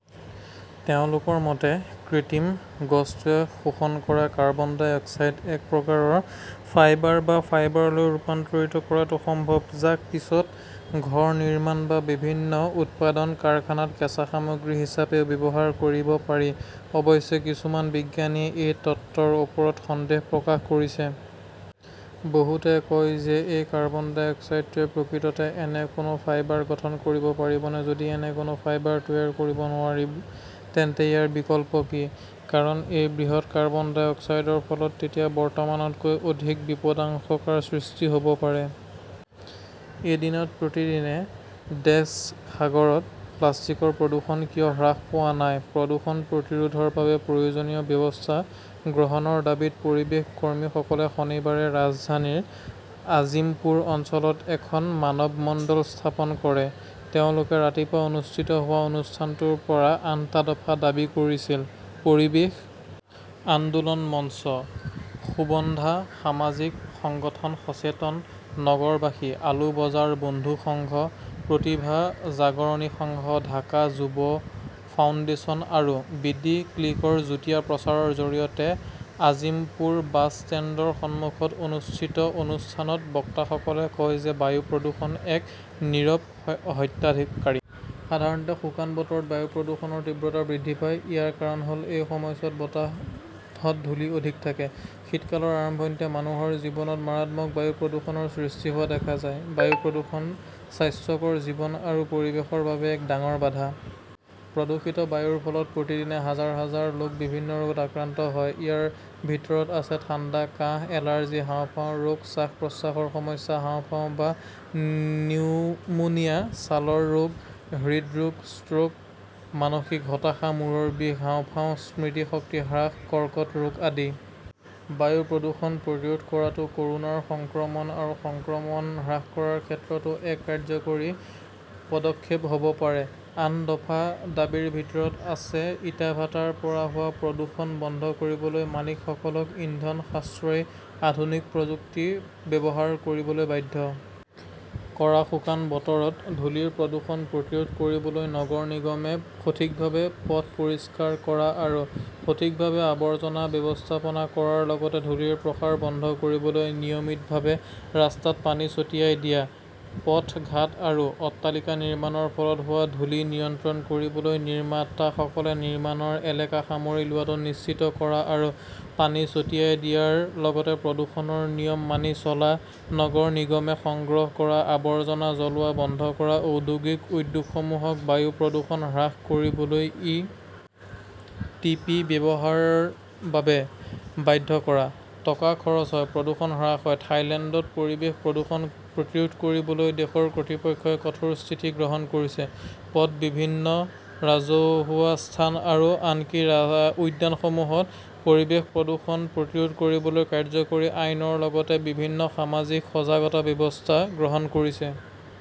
তেওঁলোকৰ মতে, কৃত্ৰিম গছটোৱে শোষণ কৰা কাৰ্বন-ডাই অক্সাইডক এক প্ৰকাৰৰ 'ফাইবাৰ' বা ফাইবাৰলৈ ৰূপান্তৰিত কৰাটো সম্ভৱ, যাক পিছত ঘৰ নিৰ্মাণ বা বিভিন্ন উৎপাদন কাৰখানাত কেঁচা সামগ্ৰী হিচাপেও ব্যৱহাৰ কৰিব পাৰি। অৱশ্যে, কিছুমান বিজ্ঞানীয়ে এই তত্ত্বৰ ওপৰত সন্দেহ প্ৰকাশ কৰিছে। বহুতে কয় যে এই কাৰ্বন-ডাই অক্সাইডটোৱে প্ৰকৃততে এনে কোনো ফাইবাৰ গঠন কৰিব পাৰিবনে? যদি এনে কোনো ফাইবাৰ তৈয়াৰ কৰিব নোৱাৰি, তেন্তে ইয়াৰ বিকল্প কি? কাৰণ এই বৃহৎ কাৰ্বন-ডাই অক্সাইডৰ ফলত তেতিয়া বৰ্তমানতকৈ অধিক বিপদাশংকাৰ সৃষ্টি হ'ব পাৰে। এদিনত প্ৰতিদিনে ডেস্ক সাগৰত প্লাষ্টিকৰ প্ৰদূষণ কিয় হ্ৰাস হোৱা নাই প্ৰদূষণ প্ৰতিৰোধৰ বাবে প্ৰয়োজনীয় ব্যৱস্থা গ্ৰহণৰ দাবীত পৰিৱেশ কৰ্মীসকলে শনিবাৰে ৰাজধানীৰ আজিমপুৰ অঞ্চলত এখন মানৱমণ্ডল স্থাপন কৰে। তেওঁলোকে ৰাতিপুৱা অনুষ্ঠিত হোৱা অনুষ্ঠানটোৰ পৰা আঠটা দফা দাবী কৰিছিল। পৰিৱেশ আন্দোলন মঞ্চ, সুবন্ধা সামাজিক সংগঠন, সচেতন নগৰবাসী, আলু বজাৰ বন্ধু সংঘ, প্ৰতিভা জাগৰনী সংঘ, ঢাকা যুৱ ফাউণ্ডেশ্যন আৰু বি. ডি. ক্লিকৰ যুটীয়া প্ৰচাৰৰ জৰিয়তে আজিম্পুৰ বাছ ষ্টেণ্ডৰ সন্মুখত অনুষ্ঠিত অনুষ্ঠানত বক্তাসকলে কয় যে বায়ু প্ৰদূষণ এক নীৰৱ হত্যাকাৰী। সাধাৰণতে শুকান বতৰত বায়ু প্ৰদূষণৰ তীব্ৰতা বৃদ্ধি পায়। ইয়াৰ কাৰণ হ'ল এই সময়ছোৱাত বতাহত ধূলি অধিক থাকে। শীতকালৰ আৰম্ভণিতে মানুহৰ জীৱনত মাৰাত্মক বায়ু প্ৰদূষণৰ সৃষ্টি হোৱা দেখা যায়। বায়ু প্ৰদূষণ স্বাস্থ্যকৰ জীৱন আৰু পৰিৱেশৰ বাবে এক ডাঙৰ বাধা। প্ৰদূষিত বায়ুৰ ফলত প্ৰতিদিনে হাজাৰ হাজাৰ লোক বিভিন্ন ৰোগত আক্ৰান্ত হয়। ইয়াৰ ভিতৰত আছে-ঠাণ্ডা কাহ, এলাৰ্জি, হাঁওফাঁওৰ ৰোগ, শ্বাস-প্ৰশ্বাসৰ সমস্যা, হাঁওফাঁও বা নিউমোনিয়া, ছালৰ ৰোগ, হৃদৰোগ, ষ্ট্ৰোক, মানসিক হতাশা, মূৰৰ বিষ, হাঁওফাঁও, স্মৃতিশক্তি হ্ৰাস, কৰ্কট ৰোগ আদি। বায়ু প্ৰদূষণ প্ৰতিৰোধ কৰাটো ক'ৰোনাৰ সংক্ৰমণ আৰু সংক্ৰমণ হ্ৰাস কৰাৰ ক্ষেত্ৰতো এক কাৰ্যকৰী পদক্ষেপ হ'ব পাৰে। আঠ দফা দাবীৰ ভিতৰত আছে-ইটাভাটাৰ পৰা হোৱা প্ৰদূষণ বন্ধ কৰিবলৈ মালিকসকলক ইন্ধন-সাশ্ৰয়ী আধুনিক প্ৰযুক্তি ব্যৱহাৰ কৰিবলৈ বাধ্য কৰা, শুকান বতৰত ধূলিৰ প্ৰদূষণ প্ৰতিৰোধ কৰিবলৈ নগৰ নিগমে সঠিকভাৱে পথ পৰিষ্কাৰ কৰা আৰু সঠিকভাৱে আৱৰ্জনা ব্যৱস্থাপনা কৰাৰ লগতে ধূলিৰ প্ৰসাৰ বন্ধ কৰিবলৈ নিয়মিতভাৱে ৰাস্তাত পানী ছটিয়াই দিয়া, পথ-ঘাট আৰু অট্টালিকা নিৰ্মাণৰ ফলত হোৱা ধূলি নিয়ন্ত্ৰণ কৰিবলৈ নিৰ্মাতাসকলে নিৰ্মাণৰ এলেকা সামৰি লোৱাটো নিশ্চিত কৰা আৰু পানী ছটিয়াই দিয়াৰ লগতে প্ৰদূষণৰ নিয়ম মানি চলা, নগৰ নিগমে সংগ্ৰহ কৰা আৱৰ্জনা জ্বলোৱা বন্ধ কৰা, ঔদ্যোগিক উদ্যোগসমূহক বায়ু প্ৰদূষণ হ্ৰাস কৰিবলৈ ই. টি. পি. ব্যৱহাৰ বাবে বাধ্য কৰা। টকা খৰচ হয়, প্ৰদূষণ হ্ৰাস নহয় ।থাইলেণ্ডত পৰিৱেশ প্ৰদূষণ প্ৰতিৰোধ কৰিবলৈ দেশৰ কৰ্তৃপক্ষই কঠোৰ স্থিতি গ্ৰহণ কৰিছে। পথ, বিভিন্ন ৰাজহুৱা স্থান আৰু আনকি উদ্যানসমূহত পৰিৱেশ প্ৰদূষণ প্ৰতিৰোধ কৰিবলৈ কাৰ্যকৰী আইনৰ লগতে বিভিন্ন সামাজিক সজাগতা ব্যৱস্থা গ্ৰহণ কৰিছে।